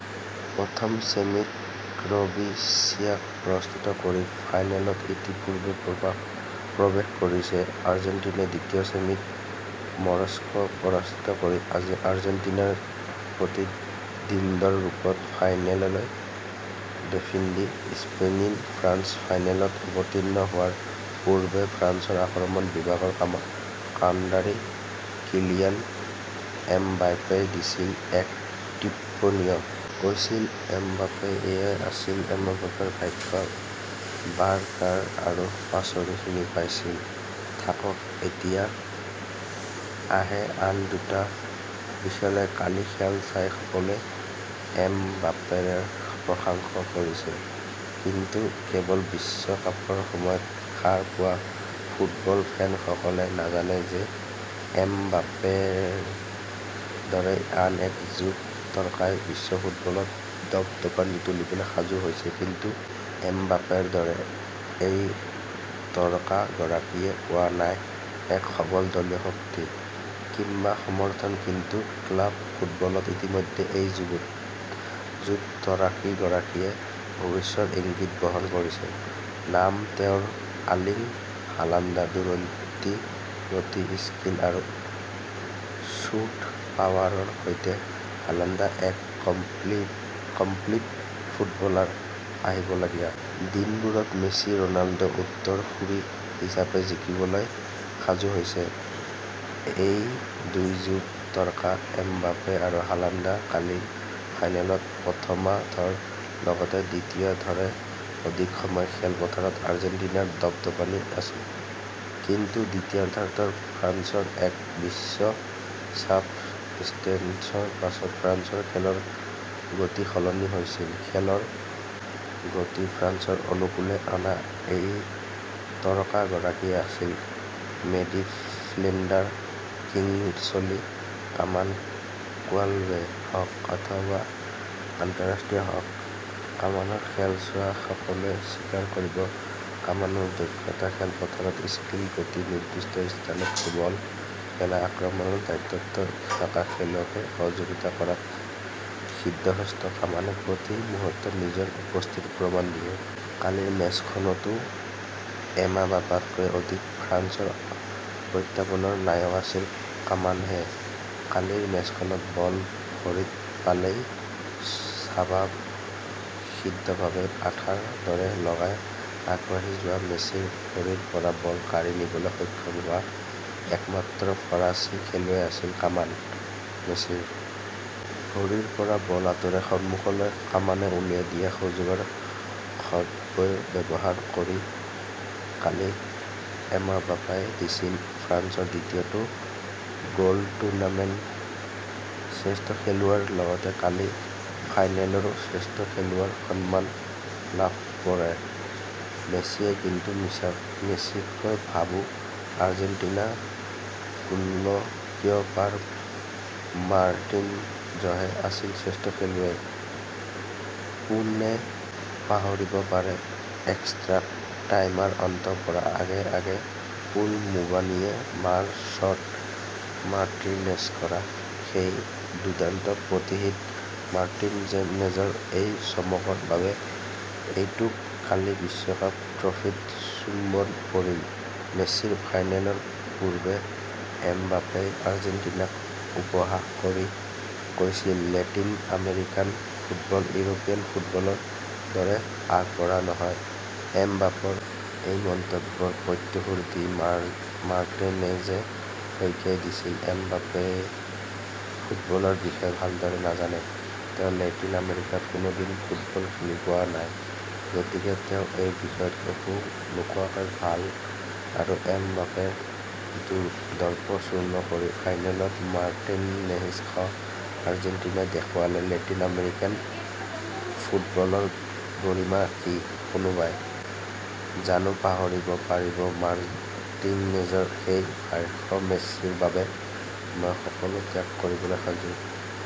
প্ৰথম ছেমিত ক্ৰৱেছিয়াক পৰাস্ত কৰি ফাইনেলত ইতিপূৰ্বেই প্ৰৱেশ কৰিছে। আৰ্জেণ্টিনাই দ্বিতীয় ছেমিত মৰক্কোক পৰাস্ত কৰি আৰ্জেণ্টিনাৰ প্ৰতিদ্বন্দী ৰূপত ফাইনেললৈ ডিফেণ্ডিং চেম্পিয়ন ফ্ৰান্স ফাইনেলত অৱতীৰ্ণ হোৱাৰ পূৰ্বে ফ্ৰান্সৰ আক্ৰমণ বিভাগৰ কাণ্ডাৰী কিলিয়ান এমবাপেই দিছিল এক টিপ্পনী। কৈছিল এমবাপেই এয়া আছিল এমবাপেৰ ভাষ্য, বাৰু তাৰ পাছৰখিনি পিছলৈ থাকক, এতিয়া আহোঁ আন দুটা বিষয়লৈ কালি খেল চাই সকলোৱে এমবাপেৰ প্ৰশংসা কৰিছে। কিন্তু কেৱল বিশ্বকাপৰ সময়ত সাৰ পোৱা ফুটবল ফেনসকলে নাজানে যে এমবাপেৰ দৰেই আন এক যুৱ তাৰকাই বিশ্ব ফুটবলত দপ-দপনি তুলিবলৈ সাজু হৈছে। কিন্তু এমবাপেৰ দৰে এই তাৰকাগৰাকীয়ে পোৱা নাই এক সবল দলীয় শক্তি, কিম্বা সমৰ্থন কিন্তু ক্লাৱ ফুটবলত ইতিমধ্যেই এই যুৱ তাৰকাগৰাকীয়ে ভৱিষ্যতৰ ইংগিত বহন কৰিছে। নাম তেওঁৰ আৰ্লিং হালাণ্ড দুৰন্ত গতি স্কীল আৰু শ্বুট পাৱাৰৰ সৈতে হালাণ্ড এক কমপ্লিট ফুটবলাৰ। আহিবলগীয়া দিনবোৰত মেছি-ৰোনাল্ড উত্তৰ-সূৰী হিচাপে জিলিকিবলৈ সাজু হৈছে ।এই দুই যুৱ তাৰকা এমবাপে আৰু হালাণ্ড কালিৰ ফাইনেলত প্ৰথমাৰ্ধৰ লগতে দ্বিতীয়াৰ্ধৰো অধিক সময় খেলপথাৰত আৰ্জেণ্টিনাৰে দপ-দপনি আছিল। কিন্তু দ্বিতীয়াৰ্ধত ফ্ৰান্সৰ এক বিশেষ চাবষ্টিটিউচনৰ পাছত ফ্ৰান্সৰ খেলৰ গতি সলনি হৈছিল। খেলৰ গতি ফ্ৰান্সৰ অনুকুলে অনা এই তাৰকাগৰাকী আছিল মিডফিল্ডাৰ কিংছলী কমান ক্লাৱেই হওক ,অথবা আন্ত:ৰাষ্ট্ৰীয় হওক, কমানৰ খেল চোৱা সকলোৱে স্বীকাৰ কৰিব কমানৰ দক্ষতা। খেলপথাৰত স্কীল গতি নিৰ্দিষ্ট স্থানত বল পেলাই আক্ৰমণৰ দায়িত্বত থকা খেলুৱৈক সহযোগিতা কৰাত সিদ্ধহস্ত কমানে প্ৰতি মুহূৰ্ততে নিজৰ উপস্থিতিৰ প্ৰমাণ দিয়ে। কালিৰ মেচখনতো এমবাপেতকৈ অধিক ফ্ৰান্সৰ প্ৰত্যাৱৰ্তনৰ নায়ক আছিল কমানহে। কালিৰ মেচখনত বল ভৰিত পালেই স্বভাৱ সিদ্ধভাৱে আঠাৰ দৰে লগাই আগবাঢ়ি যোৱা মেছিৰ ভৰিৰ পৰা বল কাঢ়ি নিবলৈ সক্ষম হোৱা একমাত্ৰ ফৰাচী খেলুৱৈ আছিল কমান। মেছিৰ ভৰিৰ পৰা বল আঁতৰাই সমুখলৈ কমানে ওলিয়াই দিয়া সুযোগৰে সদব্যৱহাৰ কৰি কালি এমবাপেই দিছিল ফ্ৰান্সৰ দ্বিতীয়টো গলটুৰ্ণামেণ্ট। শ্ৰেষ্ঠ খেলুৱৈৰ লগতে কালি ফাইনেলৰো শ্ৰেষ্ঠ খেলুৱৈৰ সন্মান লাভ কৰে মেছিয়ে। কিন্তু মেছিতকৈ ভাবোঁ আৰ্জেণ্টাইন গলকীপাৰ মাৰ্টিনজহে আছিল শ্ৰেষ্ঠ খেলুৱৈ। কোনে পাহৰিব পাৰে এক্সট্ৰা টাইমৰ অন্ত পৰাৰ আগে আগে কল মুৱানিয়ে মৰা শ্বট মাৰ্টিনেজে কৰা সেই দুৰ্দান্ত প্ৰতিহত মাৰ্টিনেজৰ এই চমকৰ বাবে। ইটো কালি বিশ্বকাপ ট্ৰফীত চুম্বন পৰিল মেছিৰ ফাইনেলৰ পূৰ্বে এমবাপেই আৰ্জেণ্টিনাক উপহাস কৰি কৈছিল লেটিন আমেৰিকান ফুটবল ইউৰোপীয়ান ফুটবলৰ দৰে আগবঢ়া নহয়। এমবাপেৰ এই মন্তব্যৰ প্ৰত্যুত্তৰ দি মাৰ্টিনেজে সকীয়াই দিছিল ।এমবাপেই ফুটবলৰ বিষয়ে ভালদৰে নাজানে। তেওঁ লেটিন আমেৰিকাত কোনোদিন ফুটবল খেলি পোৱা নাই। গতিকে তেওঁ এই বিষয়ত একো নোকোৱাই ভাল আৰু এমবাপেৰ দৰ্প চূৰ্ণ কৰি ফাইনেলত মাৰ্টিনেজসহ আৰ্জেণ্টিনাই দেখুৱালে লেটিন আমেৰিকান ফুটবলৰ গৰিমা কি ?কোনোবাই জানো পাহৰিব পাৰিব মাৰ্টিনেজৰ সেই ভাষ্য মেছিৰ বাবে মই সকলো ত্যাগ কৰিবলৈ সাজু।